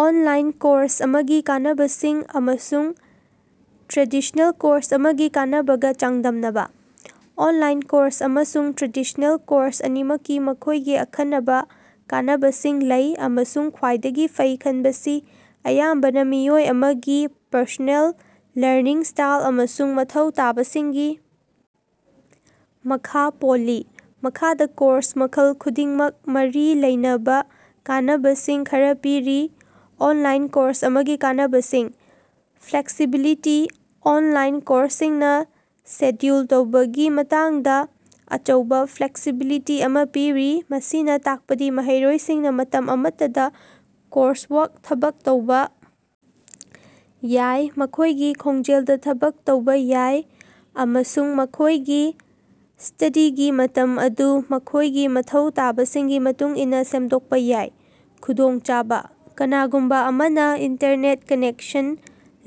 Online course ꯑꯃꯒꯤ ꯀꯥꯟꯅꯕꯁꯤꯡ ꯑꯃꯁꯨꯡ ꯇ꯭ꯔꯦꯗꯤꯁꯅꯦꯜ ꯀꯣꯔꯁ ꯑꯃꯒꯤ ꯀꯥꯟꯅꯕꯒ ꯆꯥꯡꯗꯝꯅꯕ꯫ ꯑꯣꯟꯂꯥꯏꯟ ꯀꯣꯔꯁ ꯑꯃꯁꯨꯡ ꯇ꯭ꯔꯦꯗꯤꯁꯅꯦꯜ ꯀꯣꯔꯁ ꯑꯅꯤꯃꯛꯀꯤ ꯃꯈꯣꯢꯒꯤ ꯑꯈꯟꯅꯕ ꯀꯥꯟꯅꯕꯁꯤꯡ ꯂꯩ ꯑꯃꯁꯨꯡ ꯈ꯭ꯋꯥꯏꯗꯒꯤ ꯐꯩ ꯈꯟꯕꯁꯤ ꯑꯌꯥꯝꯕꯅ ꯃꯤꯑꯣꯏ ꯑꯃꯒꯤ ꯄꯔꯁꯣꯅꯦꯜ ꯂꯔꯅꯤꯡ ꯁ꯭ꯇꯥꯏꯜ ꯑꯃꯁꯨꯡ ꯃꯊꯧ ꯇꯥꯕꯁꯤꯡꯒꯤ ꯃꯈꯥ ꯄꯣꯜꯂꯤ꯫ ꯃꯈꯥꯗꯥ ꯀꯣꯔꯁ ꯃꯈꯜ ꯈꯨꯗꯤꯡꯃꯛꯀ ꯃꯔꯤ ꯂꯩꯅꯕꯥ ꯀꯥꯟꯅꯕꯁꯤꯡ ꯈꯔꯥ ꯄꯤꯔꯤ꯫ ꯑꯣꯟꯂꯥꯏꯟ ꯀꯣꯔꯁ ꯑꯃꯒꯤ ꯀꯥꯟꯅꯕꯁꯤꯡ: ꯐ꯭ꯂꯦꯛꯁꯤꯕꯤꯂꯤꯇꯤ: ꯑꯣꯟꯂꯥꯏꯟ ꯀꯣꯔꯁꯁꯤꯡꯅ ꯁꯦꯗ꯭ꯌꯨꯜ ꯇꯧꯕꯒꯤ ꯃꯇꯥꯡꯗ ꯑꯆꯧꯕ ꯐ꯭ꯂꯦꯛꯁꯤꯕꯤꯂꯤꯇꯤ ꯑꯃ ꯄꯤꯔꯤ꯫ ꯃꯁꯤꯅ ꯇꯥꯛꯄꯗꯤ ꯃꯍꯩꯔꯣꯏꯁꯤꯡꯅ ꯃꯇꯝ ꯑꯃꯠꯇꯗ ꯀꯣꯔꯁꯋꯥꯔꯛ ꯊꯕꯛ ꯇꯧꯕꯥ ꯌꯥꯏ ꯃꯈꯣꯢꯒꯤ ꯈꯣꯡꯖꯦꯜꯗ ꯊꯕꯛ ꯇꯧꯕꯥ ꯌꯥꯏ ꯑꯃꯁꯨꯡ ꯃꯈꯣꯢꯒꯤ ꯁ꯭ꯇꯗꯤꯒꯤ ꯃꯇꯝ ꯑꯗꯨ ꯃꯈꯣꯢꯒꯤ ꯃꯊꯧ ꯇꯥꯕꯁꯤꯡꯒꯤ ꯃꯇꯨꯡ ꯏꯟꯅ ꯁꯦꯝꯗꯣꯛꯄ ꯌꯥꯏ꯫ ꯈꯨꯗꯣꯡꯆꯥꯕꯥ: ꯀꯅꯥꯒꯨꯝꯕ ꯑꯃꯅ ꯏꯟꯇꯔꯅꯦꯠ ꯀꯅꯦꯛꯁꯟ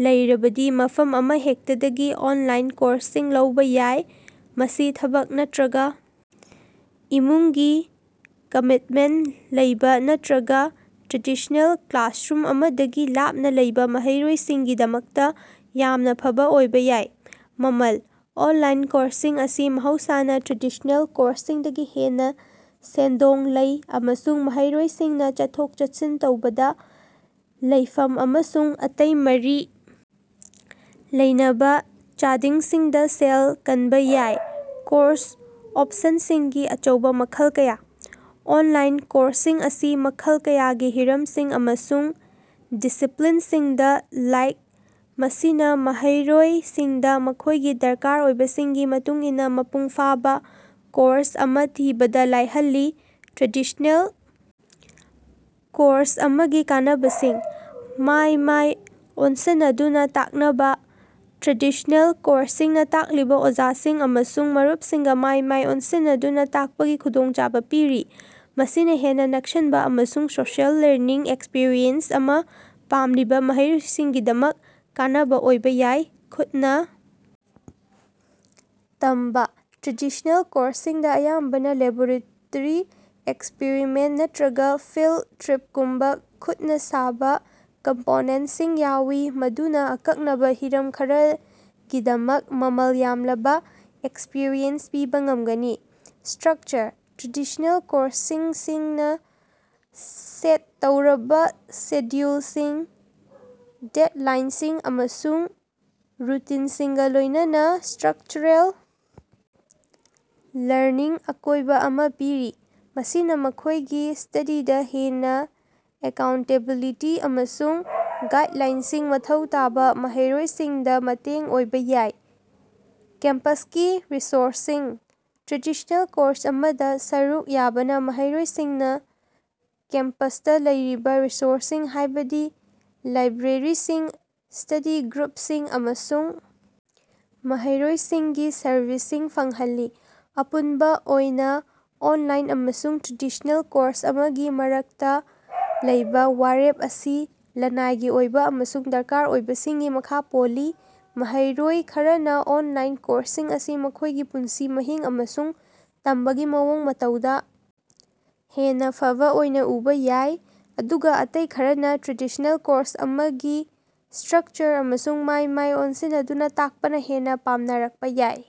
ꯂꯩꯔꯕꯗꯤ ꯃꯐꯝ ꯑꯃꯍꯦꯛꯇꯗꯒꯤ ꯑꯣꯟꯂꯥꯏꯟ ꯀꯣꯔꯁꯁꯤꯡ ꯂꯧꯕꯥ ꯌꯥꯏ꯫ ꯃꯁꯤ ꯊꯕꯛ ꯅꯠꯇ꯭ꯔꯒ ꯏꯃꯨꯡꯒꯤ ꯀꯃꯤꯇꯃꯦꯟꯇ ꯂꯩꯕꯥ ꯅꯠꯇ꯭ꯔꯒ ꯇ꯭ꯔꯦꯗꯤꯁꯅꯦꯜ ꯀ꯭ꯂꯥꯁꯔꯨꯝ ꯑꯃꯗꯒꯤ ꯂꯥꯞꯅ ꯂꯩꯕꯥ ꯃꯍꯩꯔꯣꯏꯁꯤꯡꯒꯤꯗꯃꯛꯇ ꯌꯥꯝꯅ ꯐꯕ ꯑꯣꯏꯕꯥ ꯌꯥꯏ꯫ ꯃꯃꯜ: ꯑꯣꯟꯂꯥꯏꯟ ꯀꯣꯔꯁꯁꯤꯡ ꯑꯁꯤ ꯃꯍꯧꯁꯥꯅ ꯇ꯭ꯔꯦꯗꯤꯁꯅꯦꯜ ꯀꯣꯔꯁꯁꯤꯡꯗꯒꯤ ꯍꯦꯟꯅ ꯁꯦꯟꯗꯣꯡ ꯂꯩ ꯑꯃꯁꯨꯡ ꯃꯍꯩꯔꯣꯏꯁꯤꯡꯅ ꯆꯠꯊꯣꯛ ꯆꯠꯁꯤꯟ ꯇꯧꯕꯗ, ꯂꯩꯐꯝ ꯑꯃꯁꯨꯡ ꯑꯇꯩ ꯃꯔꯤ ꯂꯩꯅꯕ ꯆꯥꯗꯤꯡꯁꯤꯡꯗ ꯁꯦꯜ ꯀꯟꯕꯥ ꯌꯥꯏ꯫ ꯀꯣꯔꯁ ꯑꯣꯞꯁꯟꯁꯤꯡꯒꯤ ꯑꯆꯧꯕ ꯃꯈꯜ ꯀꯌꯥ: ꯑꯣꯟꯂꯥꯏꯟ ꯀꯣꯔꯁꯁꯤꯡ ꯑꯁꯤ ꯃꯈꯜ ꯀꯌꯥꯒꯤ ꯍꯤꯔꯝꯁꯤꯡ ꯑꯃꯁꯨꯡ ꯗꯤꯁꯤꯄ꯭ꯂꯤꯟꯁꯤꯡꯗ ꯂꯥꯛꯏ ꯃꯁꯤꯅ ꯃꯍꯩꯔꯣꯏꯁꯤꯡꯗ ꯃꯈꯣꯢꯒꯤ ꯗꯔꯀꯥꯔ ꯑꯣꯏꯕꯁꯤꯡꯒꯤ ꯃꯇꯨꯡ ꯏꯟꯅ ꯃꯄꯨꯡ ꯐꯥꯕ ꯀꯣꯔꯁ ꯑꯃ ꯊꯤꯕꯗ ꯂꯥꯏꯍꯜꯂꯤ꯫ ꯇ꯭ꯔꯦꯗꯤꯁꯅꯦꯜ ꯀꯣꯔꯁ ꯑꯃꯒꯤ ꯀꯥꯟꯅꯕꯁꯤꯡ: ꯃꯥꯏ ꯃꯥꯏ ꯑꯣꯟꯁꯟꯅꯗꯨꯅ ꯇꯥꯛꯅꯕ: ꯇ꯭ꯔꯦꯗꯤꯁꯅꯦꯜ ꯀꯣꯔꯁꯁꯤꯡꯅ ꯇꯥꯛꯂꯤꯕ ꯑꯣꯖꯥꯁꯤꯡ ꯑꯃꯁꯨꯡ ꯃꯔꯨꯞꯁꯤꯡꯒ ꯃꯥꯏ ꯃꯥꯏ ꯑꯣꯟꯁꯤꯟꯅꯗꯨꯅ ꯇꯥꯛꯄꯒꯤ ꯈꯨꯗꯣꯡꯆꯥꯕ ꯄꯤꯔꯤ꯫ ꯃꯁꯤꯅ ꯍꯦꯟꯅ ꯅꯛꯁꯟꯕ ꯑꯃꯁꯨꯡ ꯁꯣꯁꯤꯑꯦꯜ ꯂꯔꯅꯤꯡ ꯑꯦꯛꯁꯄꯤꯔꯤꯑꯦꯟꯁ ꯑꯃ ꯄꯥꯝꯂꯤꯕ ꯃꯍꯩꯔꯣꯏꯁꯤꯡꯒꯤꯗꯃꯛ ꯀꯥꯟꯅꯕ ꯑꯣꯏꯕ ꯌꯥꯏ꯫ ꯈꯨꯠꯅꯥ ꯇꯝꯕꯥ: ꯇ꯭ꯔꯦꯗꯤꯁꯅꯦꯜ ꯀꯣꯔꯁꯁꯤꯡꯗ ꯑꯌꯥꯝꯕꯅ ꯂꯦꯕꯣꯔꯦꯇꯔꯤ ꯑꯦꯛꯁꯄ꯭ꯔꯤꯃꯦꯟꯇ ꯅꯠꯇ꯭ꯔꯒ ꯐꯤꯜꯗ ꯇ꯭ꯔꯤꯞꯀꯨꯝꯕ ꯈꯨꯠꯅ ꯁꯥꯕꯥ ꯀꯝꯄꯣꯅꯦꯟꯇꯁꯤꯡ ꯌꯥꯎꯏ ꯃꯗꯨꯅ ꯑꯀꯛꯅꯕ ꯍꯤꯔꯝ ꯈꯔꯒꯤꯗꯃꯛ ꯃꯃꯜ ꯌꯥꯝꯂꯕ ꯑꯦꯛꯁꯄꯔꯤꯌꯦꯟꯁ ꯄꯤꯕ ꯉꯝꯒꯅꯤ꯫ ꯁꯇ꯭ꯔꯀꯆꯔ: ꯇ꯭ꯔꯦꯗꯤꯁꯅꯦꯜ ꯀꯣꯔꯁꯁꯤꯡꯅ ꯁꯦꯠ ꯇꯧꯔꯕ ꯁꯦꯗ꯭ꯌꯨꯜꯁꯤꯡ, ꯗꯦꯗꯂꯥꯏꯟꯁꯤꯡ ꯑꯃꯁꯨꯡ ꯔꯨꯇꯤꯟꯁꯤꯡꯒ ꯂꯣꯢꯅꯅꯥ ꯁꯇ꯭ꯔꯛꯆꯔꯦꯜ ꯂꯔꯅꯤꯡ ꯑꯀꯣꯏꯕ ꯑꯃꯥ ꯄꯤꯔꯤ꯫ ꯃꯁꯤꯅ ꯃꯈꯣꯢꯒꯤ ꯁ꯭ꯇꯗꯤꯗ ꯍꯦꯟꯅ ꯑꯦꯀꯥꯎꯟꯇꯦꯕꯤꯂꯤꯇꯤ ꯑꯃꯁꯨꯡ ꯒꯥꯏꯗꯂꯥꯏꯟꯁꯤꯡ ꯃꯊꯧ ꯇꯥꯕ ꯃꯍꯩꯔꯣꯏꯁꯤꯡꯗ ꯃꯇꯦꯡ ꯑꯣꯏꯕ ꯌꯥꯏ꯫ ꯀꯦꯝꯄꯁꯀꯤ ꯔꯤꯁꯣꯔꯁꯁꯤꯡ: ꯇ꯭ꯔꯦꯗꯤꯁꯅꯦꯜ ꯀꯣꯔꯁ ꯑꯃꯗ ꯁꯔꯨꯛ ꯌꯥꯕꯅ ꯃꯍꯩꯔꯣꯏꯁꯤꯡꯅ ꯀꯦꯝꯄꯁꯇ ꯂꯩꯔꯤꯕ ꯔꯤꯁꯣꯔꯁꯁꯤꯡ ꯍꯥꯢꯕꯗꯤ ꯂꯥꯏꯕ꯭ꯔꯦꯔꯤꯁꯤꯡ, ꯁ꯭ꯇꯗꯤ ꯒ꯭ꯔꯨꯞꯁꯤꯡ ꯑꯃꯁꯨꯡ ꯃꯍꯩꯔꯣꯏꯁꯤꯡꯒꯤ ꯁꯔꯚꯤꯁꯁꯤꯡ ꯐꯪꯍꯜꯂꯤ꯫ ꯑꯄꯨꯟꯕ ꯑꯣꯏꯅ ꯑꯣꯟꯂꯥꯏꯟ ꯑꯃꯁꯨꯡ ꯇ꯭ꯔꯦꯗꯤꯁꯅꯦꯜ ꯀꯣꯔꯁ ꯑꯃꯒꯤ ꯃꯔꯛꯇ ꯂꯩꯕꯥ ꯋꯥꯔꯦꯞ ꯑꯁꯤ ꯂꯅꯥꯏꯒꯤ ꯑꯣꯏꯕ ꯑꯃꯁꯨꯡ ꯗꯔꯀꯥꯔ ꯑꯣꯏꯕꯁꯤꯡꯒꯤ ꯃꯈꯥ ꯄꯣꯜꯂꯤ꯫ ꯃꯍꯩꯔꯣꯏ ꯈꯔꯅ ꯑꯣꯟꯂꯥꯏꯟ ꯀꯣꯔꯁꯁꯤꯡ ꯑꯁꯤ ꯃꯈꯣꯢꯒꯤ ꯄꯨꯟꯁꯤ ꯃꯍꯤꯡ ꯑꯃꯁꯨꯡ ꯇꯝꯕꯒꯤ ꯃꯑꯣꯡ ꯃꯇꯧꯗ ꯍꯦꯟꯅ ꯐꯕ ꯑꯣꯏꯅ ꯎꯕꯥ ꯌꯥꯏ ꯑꯗꯨꯒ ꯑꯇꯩ ꯈꯔꯅ ꯇ꯭ꯔꯦꯗꯤꯁꯅꯦꯜ ꯀꯣꯔꯁ ꯑꯃꯒꯤ ꯁꯇ꯭ꯔꯛꯆꯔ ꯑꯃꯁꯨꯡ ꯃꯥꯏ ꯃꯥꯏ ꯑꯣꯟꯁꯤꯟꯅꯗꯨꯅ ꯇꯥꯛꯄꯅ ꯍꯦꯟꯅꯥ ꯄꯥꯝꯅꯔꯛꯄ ꯌꯥꯏ꯫